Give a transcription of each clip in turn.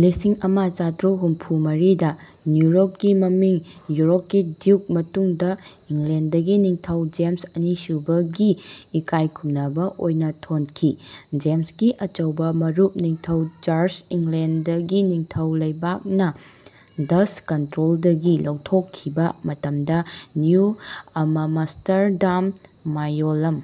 ꯂꯤꯁꯤꯡ ꯑꯃ ꯆꯥꯇ꯭ꯔꯨꯛ ꯍꯨꯝꯐꯨꯃꯔꯤꯗꯥ ꯅ꯭ꯌꯨ ꯌꯣꯔꯛꯀꯤ ꯃꯃꯤꯡ ꯌꯣꯔꯛꯀꯤ ꯗ꯭ꯌꯨꯛ ꯃꯇꯨꯡꯗꯥ ꯏꯪꯂꯦꯟꯗꯒꯤ ꯅꯤꯡꯊꯧ ꯖꯦꯃꯁ ꯑꯅꯤꯁꯨꯕꯥꯒꯤ ꯏꯀꯥꯌ ꯈꯨꯝꯅꯕꯥ ꯑꯣꯏꯅꯥ ꯊꯣꯟꯈꯤ꯫ ꯖꯦꯝꯁꯀꯤ ꯑꯆꯧꯕꯥ ꯃꯔꯨꯞ ꯅꯤꯡꯊꯧ ꯆꯥꯔꯂꯁ ꯏꯪꯂꯦꯟꯗꯒꯤ ꯅꯤꯡꯊꯧ ꯂꯩꯕꯥꯛꯅꯥ ꯗꯆ꯭ꯁ ꯀꯟꯇ꯭ꯔꯣꯜꯗꯒꯤ ꯂꯧꯊꯣꯛꯈꯤꯕꯥ ꯃꯇꯝꯗꯥ ꯅ꯭ꯌꯨ ꯑꯃꯃꯁ꯭ꯇꯔꯗꯥꯝ ꯃꯌꯣꯜꯂꯝ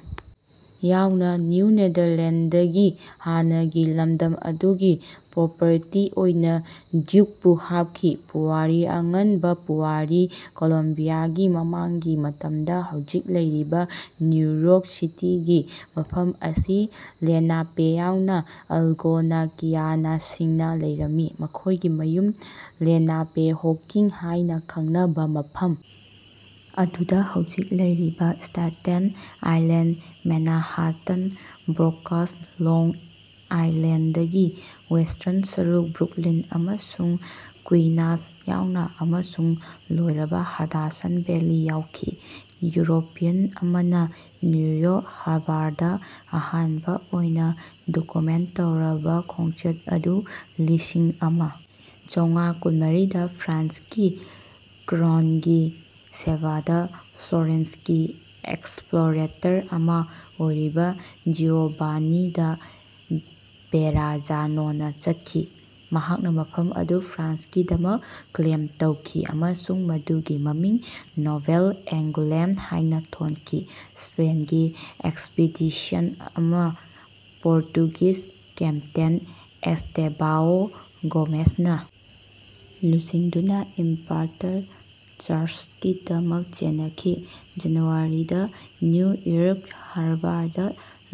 ꯌꯥꯎꯅꯥ ꯅ꯭ꯌꯨ ꯅꯦꯗꯥꯔꯂꯦꯟꯗꯒꯤ ꯍꯥꯟꯅꯒꯤ ꯂꯝꯗꯝ ꯑꯗꯨꯒꯤ ꯄ꯭ꯔꯣꯄꯔꯇꯤ ꯑꯣꯏꯅꯥ ꯗ꯭ꯌꯨꯛꯄꯨ ꯍꯥꯞꯈꯤ꯫ ꯄꯨꯋꯥꯔꯤ ꯑꯉꯟꯕ ꯄꯨꯋꯥꯔꯤ ꯀꯣꯂꯝꯕꯤꯌꯥꯒꯤ ꯃꯃꯥꯡꯒꯤ ꯃꯇꯝꯗꯥ ꯍꯧꯖꯤꯛ ꯂꯩꯔꯤꯕꯥ ꯅ꯭ꯌꯨ ꯌꯣꯔꯛ ꯁꯤꯇꯤꯒꯤ ꯃꯐꯝ ꯑꯁꯤ ꯂꯦꯅꯥꯄꯦ ꯌꯥꯎꯅꯥ ꯑꯜꯒꯣꯅꯀꯤꯌꯥꯅꯁꯤꯡꯅꯥ ꯂꯩꯔꯝꯃꯤ꯫ ꯃꯈꯣꯏꯒꯤ ꯃꯌꯨꯝ ꯂꯦꯅꯥꯄꯦꯍꯣꯀꯤꯡ ꯍꯥꯏꯅꯥ ꯈꯪꯅꯕꯥ ꯃꯐꯝ ꯑꯗꯨꯗꯥ ꯍꯧꯖꯤꯛ ꯂꯩꯔꯤꯕꯥ Staten Island Manhattan Bronx Long ꯑꯥꯏꯂꯦꯟꯗꯒꯤ ꯋꯦꯁ꯭ꯇꯔꯟ ꯁꯔꯨꯛ ꯕ꯭ꯔꯨꯛꯂꯤꯟ ꯑꯃꯁꯨꯡ ꯀꯨꯏꯅꯁ ꯌꯥꯎꯅꯥ ꯑꯃꯁꯨꯡ ꯂꯣꯏꯔꯕꯥ ꯍꯗꯁꯟ ꯚꯦꯂꯤ ꯌꯥꯎꯈꯤ꯫ ꯌꯨꯔꯣꯄꯤꯌꯟ ꯑꯃꯅꯥ ꯅ꯭ꯌꯨ ꯌꯣꯔꯛ ꯍꯥꯔꯕꯔꯗꯥ ꯑꯍꯥꯟꯕꯥ ꯑꯣꯏꯅꯥ ꯗꯣꯀꯨꯃꯦꯟꯠ ꯇꯧꯔꯕꯥ ꯈꯣꯡꯆꯠ ꯑꯗꯨ ꯂꯤꯁꯤꯡ ꯑꯃ ꯆꯧꯉꯥ ꯀꯨꯟꯃꯔꯤꯗꯥ ꯐ꯭ꯔꯥꯟꯁꯀꯤ ꯀ꯭ꯔꯥꯎꯟꯒꯤ ꯁꯦꯕꯥꯗꯥ ꯐ꯭ꯂꯣꯔꯦꯟꯁꯀꯤ ꯑꯦꯛꯁꯄ꯭ꯂꯣꯔꯦꯇꯔ ꯑꯃꯥ ꯑꯣꯏꯔꯤꯕꯥ ꯖꯤꯑꯣꯚꯥꯅꯤ ꯗꯥ ꯚꯦꯔꯥꯖꯥꯅꯣꯅꯥ ꯆꯠꯈꯤ꯫ ꯃꯍꯥꯛꯅꯥ ꯃꯐꯝ ꯑꯗꯨ ꯐ꯭ꯔꯥꯟꯁꯀꯤꯗꯃꯛ ꯀ꯭ꯂꯦꯝ ꯇꯧꯈꯤ ꯑꯃꯁꯨꯡ ꯃꯗꯨꯒꯤ ꯃꯃꯤꯡ ꯅꯣꯚꯦꯜ ꯑꯦꯡꯒꯨꯂꯦꯝ ꯍꯥꯏꯅꯥ ꯊꯣꯟꯈꯤ꯫ ꯁ꯭ꯄꯦꯟꯒꯤ ꯑꯦꯛꯁꯄꯤꯗꯤꯁꯟ ꯑꯃꯥ ꯄꯣꯔꯇꯨꯒꯤꯖ ꯀꯦꯞꯇꯦꯟ ꯑꯦꯁ꯭ꯇꯦꯚꯥꯑꯣ ꯒꯣꯃꯦꯁꯅꯥ ꯂꯨꯆꯤꯡꯗꯨꯅꯥ ꯏꯝꯄꯥꯔꯇꯔ ꯆꯥꯔꯂꯁꯀꯤꯗꯃꯛ ꯆꯦꯅꯈꯤ꯫ ꯖꯅꯨꯋꯥꯔꯤ ꯗꯥ ꯅ꯭ꯌꯨ ꯏꯌꯔꯛ ꯍꯥꯔꯕꯔꯗꯥ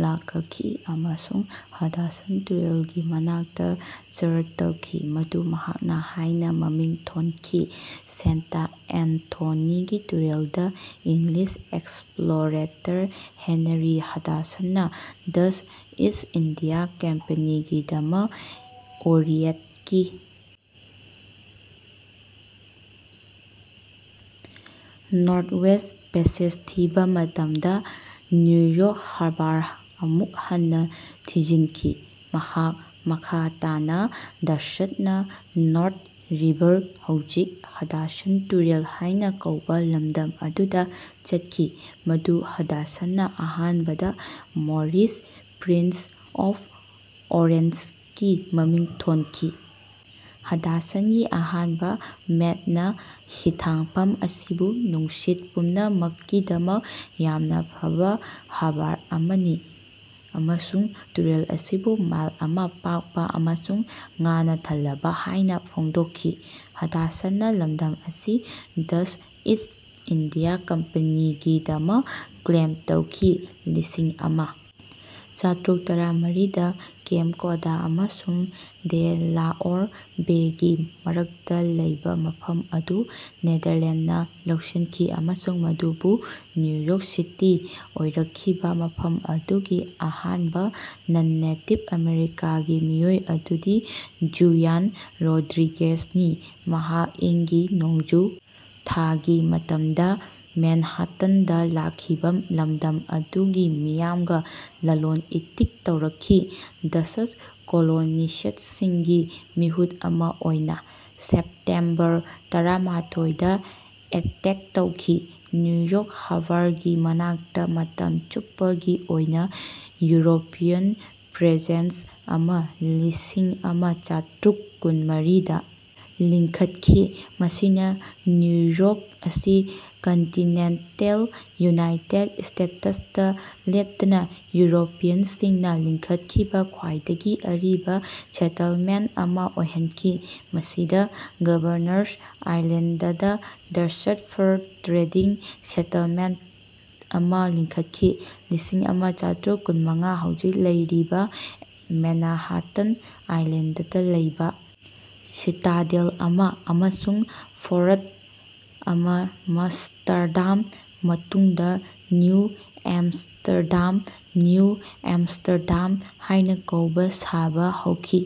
ꯂꯥꯀꯈꯤ ꯑꯃꯁꯨꯡ ꯍꯗꯁꯟ ꯇꯨꯔꯦꯂꯒꯤ ꯃꯅꯥꯛꯇꯥ ꯆꯥꯔꯠ ꯇꯧꯈꯤ ꯃꯗꯨ ꯃꯍꯥꯛꯅꯥ ꯍꯥꯏꯅꯥ ꯃꯃꯤꯡ ꯊꯣꯟꯈꯤ ꯁꯦꯟꯇ ꯑꯦꯟꯊꯣꯅꯤꯒꯤ ꯇꯨꯔꯦꯜꯗꯥ ꯏꯪꯂꯤꯁ ꯑꯦꯛꯁꯄ꯭ꯂꯣꯔꯦꯇꯔ ꯍꯦꯅꯔꯤ ꯍꯗꯁꯟꯅꯥ ꯗꯆ꯭ꯁ ꯏꯁ꯭ꯠ ꯏꯟꯗꯤꯌꯥ ꯀꯝꯄꯦꯅꯤꯒꯤꯗꯃꯛ ꯑꯣꯔꯤꯑꯦꯟꯠꯀꯤ ꯅꯣꯔꯊꯋꯦꯁ꯭ꯠ ꯄꯦꯁꯦꯖ ꯊꯤꯕꯥ ꯃꯇꯝꯗꯥ ꯅ꯭ꯌꯨ ꯌꯣꯔꯛ ꯍꯥꯔꯕꯔ ꯑꯃꯨꯛ ꯍꯟꯅꯥ ꯊꯤꯖꯤꯟꯈꯤ꯫ ꯃꯍꯥꯛ ꯃꯈꯥ ꯇꯥꯅꯥ ꯗꯆ꯭ꯁꯅꯥ ꯅꯣꯔꯊ ꯔꯤꯚꯔ ꯍꯧꯖꯤꯛ ꯍꯗꯁꯟ ꯇꯨꯔꯦꯜ ꯍꯥꯏꯅꯥ ꯀꯧꯕꯥ ꯂꯝꯗꯝ ꯑꯗꯨꯗꯥ ꯆꯠꯈꯤ ꯃꯗꯨ ꯍꯗꯁꯟꯅꯥ ꯑꯍꯥꯟꯕꯗꯥ ꯃꯣꯔꯤꯁꯁ ꯄ꯭ꯔꯤꯟꯁ ꯑꯣꯐ ꯑꯣꯔꯦꯟꯖꯒꯤ ꯃꯃꯤꯡ ꯊꯣꯟꯈꯤ꯫ ꯍꯗꯁꯟꯒꯤ ꯑꯍꯥꯟꯕꯥ ꯃꯦꯠꯅꯥ ꯍꯤꯊꯥꯡꯐꯝ ꯑꯁꯤꯕꯨ ꯅꯨꯡꯁꯤꯠ ꯄꯨꯝꯅꯃꯛꯀꯤꯗꯃꯛ ꯌꯥꯝꯅꯥ ꯐꯕꯥ ꯍꯥꯔꯕꯔ ꯑꯃꯅꯤ ꯑꯃꯁꯨꯡ ꯇꯨꯔꯦꯜ ꯑꯁꯤꯕꯨ ꯃꯥꯏꯜ ꯑꯃꯥ ꯄꯥꯛꯄꯥ ꯑꯃꯁꯨꯡ ꯉꯥꯅꯥ ꯊꯜꯂꯕꯥ ꯍꯥꯏꯅꯥ ꯐꯣꯡꯗꯣꯛꯈꯤ꯫ ꯍꯗꯁꯟꯅꯥ ꯂꯝꯗꯝ ꯑꯁꯤ ꯗꯆ꯭ꯁ ꯏꯁ꯭ꯠ ꯏꯟꯗꯤꯌꯥ ꯀꯝꯄꯦꯅꯤꯒꯤꯗꯃꯛ ꯀ꯭ꯂꯦꯝ ꯇꯧꯈꯤ꯫ ꯂꯤꯁꯤꯡ ꯑꯃ ꯆꯥꯇ꯭ꯔꯨꯛ ꯇꯔꯥꯃꯔꯤꯗ ꯀꯦꯞ ꯀꯣꯗ ꯑꯃꯁꯨꯡ ꯗꯦꯂꯥꯑꯣꯔ ꯕꯦꯒꯤ ꯃꯔꯛꯇꯥ ꯂꯩꯕꯥ ꯃꯐꯝ ꯑꯗꯨ ꯅꯦꯗꯥꯔꯂꯦꯟꯗꯅꯥ ꯂꯧꯁꯤꯟꯈꯤ ꯑꯃꯁꯨꯡ ꯃꯗꯨꯕꯨ ꯅ꯭ꯌꯨ ꯌꯣꯔꯛ ꯁꯤꯇꯤ ꯑꯣꯏꯔꯛꯈꯤꯕꯥ ꯃꯐꯝ ꯑꯗꯨꯒꯤ ꯑꯍꯥꯟꯕꯥ ꯅꯟ ꯅꯦꯇꯤꯕ ꯑꯃꯦꯔꯤꯀꯥꯒꯤ ꯃꯤꯑꯣꯏ ꯑꯗꯨꯗꯤ ꯖꯨꯌꯥꯟ ꯔꯣꯗ꯭ꯔꯤꯒꯦꯖꯅꯤ ꯃꯍꯥꯛ ꯏꯪ ꯒꯤ ꯅꯣꯡꯖꯨ ꯊꯥꯒꯤ ꯃꯇꯝꯗꯥ ꯃꯦꯟꯍꯥꯇꯟꯗꯥ ꯂꯥꯛꯈꯤꯕꯥ ꯂꯝꯗꯝ ꯑꯗꯨꯒꯤ ꯃꯤꯌꯥꯝꯒꯥ ꯂꯂꯣꯟ ꯏꯇꯤꯛ ꯇꯧꯔꯛꯈꯤ ꯗꯆ꯭ꯁ ꯀꯣꯂꯣꯅꯤꯁ꯭ꯠꯁꯤꯡꯒꯤ ꯃꯤꯍꯨꯠ ꯑꯃꯥ ꯑꯣꯏꯅꯥ꯫ ꯁꯦꯞꯇꯦꯝꯕꯔ ꯇꯔꯥꯃꯥꯊꯣꯏꯗꯥ ꯑꯦꯇꯦꯛ ꯇꯧꯈꯤ꯫ ꯅ꯭ꯌꯨ ꯌꯣꯔꯛ ꯍꯥꯔꯕꯔꯒꯤ ꯃꯅꯥꯛꯇꯥ ꯃꯇꯝ ꯆꯨꯞꯄꯒꯤ ꯑꯣꯏꯅꯥ ꯌꯨꯔꯣꯄꯤꯌꯟ ꯄ꯭ꯔꯦꯖꯦꯟꯁ ꯑꯃꯥ ꯂꯤꯁꯤꯡ ꯑꯃ ꯆꯥꯇ꯭ꯔꯨꯛ ꯀꯨꯟꯃꯔꯤꯗꯥ ꯂꯤꯡꯈꯠꯈꯤ ꯃꯁꯤꯅꯥ ꯅ꯭ꯌꯨ ꯌꯣꯔꯛ ꯑꯁꯤ ꯀꯟꯇꯤꯅꯦꯟꯇꯜ ꯌꯨꯅꯥꯏꯇꯦꯗ ꯁ꯭ꯇꯦꯇꯁꯇꯥ ꯂꯦꯞꯇꯅꯥ ꯌꯨꯔꯣꯄꯤꯌꯟꯁꯤꯡꯅꯥ ꯂꯤꯡꯈꯠꯈꯤꯕꯥ ꯈ꯭ꯋꯥꯏꯗꯒꯤ ꯑꯔꯤꯕꯥ ꯁꯦꯇꯜꯃꯦꯟꯠ ꯑꯃꯥ ꯑꯣꯏꯍꯟꯈꯤ ꯃꯁꯤꯗꯥ ꯒꯚꯔꯅꯔꯁ ꯑꯥꯏꯂꯦꯟꯗꯗꯥ ꯗꯆ꯭ꯁ ꯐꯔ ꯇ꯭ꯔꯦꯗꯤꯡ ꯁꯦꯇꯜꯃꯦꯟꯇꯠꯑꯃꯥ ꯂꯤꯡꯈꯠꯈꯤ꯫ ꯂꯤꯁꯤꯡ ꯑꯃ ꯆꯥꯇ꯭ꯔꯨꯛ ꯀꯨꯟꯃꯉꯥ ꯍꯧꯖꯤꯛ ꯂꯩꯔꯤꯕꯥ ꯃꯦꯅꯍꯥꯇꯟ ꯑꯥꯏꯂꯦꯟꯗꯗꯥ ꯂꯩꯕꯥ ꯁꯤꯇꯥꯗꯦꯜ ꯑꯃꯥ ꯑꯃꯁꯨꯡ ꯐꯣꯔꯠ ꯑꯃꯃꯁ꯭ꯇꯔꯗꯥꯝ ꯃꯇꯨꯡꯗꯥ ꯅꯤꯎ ꯑꯦꯝꯁ꯭ꯇꯔꯗꯥꯝ ꯅ꯭ꯌꯨ ꯑꯃꯃꯁ꯭ꯇꯔꯗꯥꯝ ꯍꯥꯏꯅꯥ ꯀꯧꯕꯥ ꯁꯥꯕꯥ ꯍꯧꯈꯤ꯫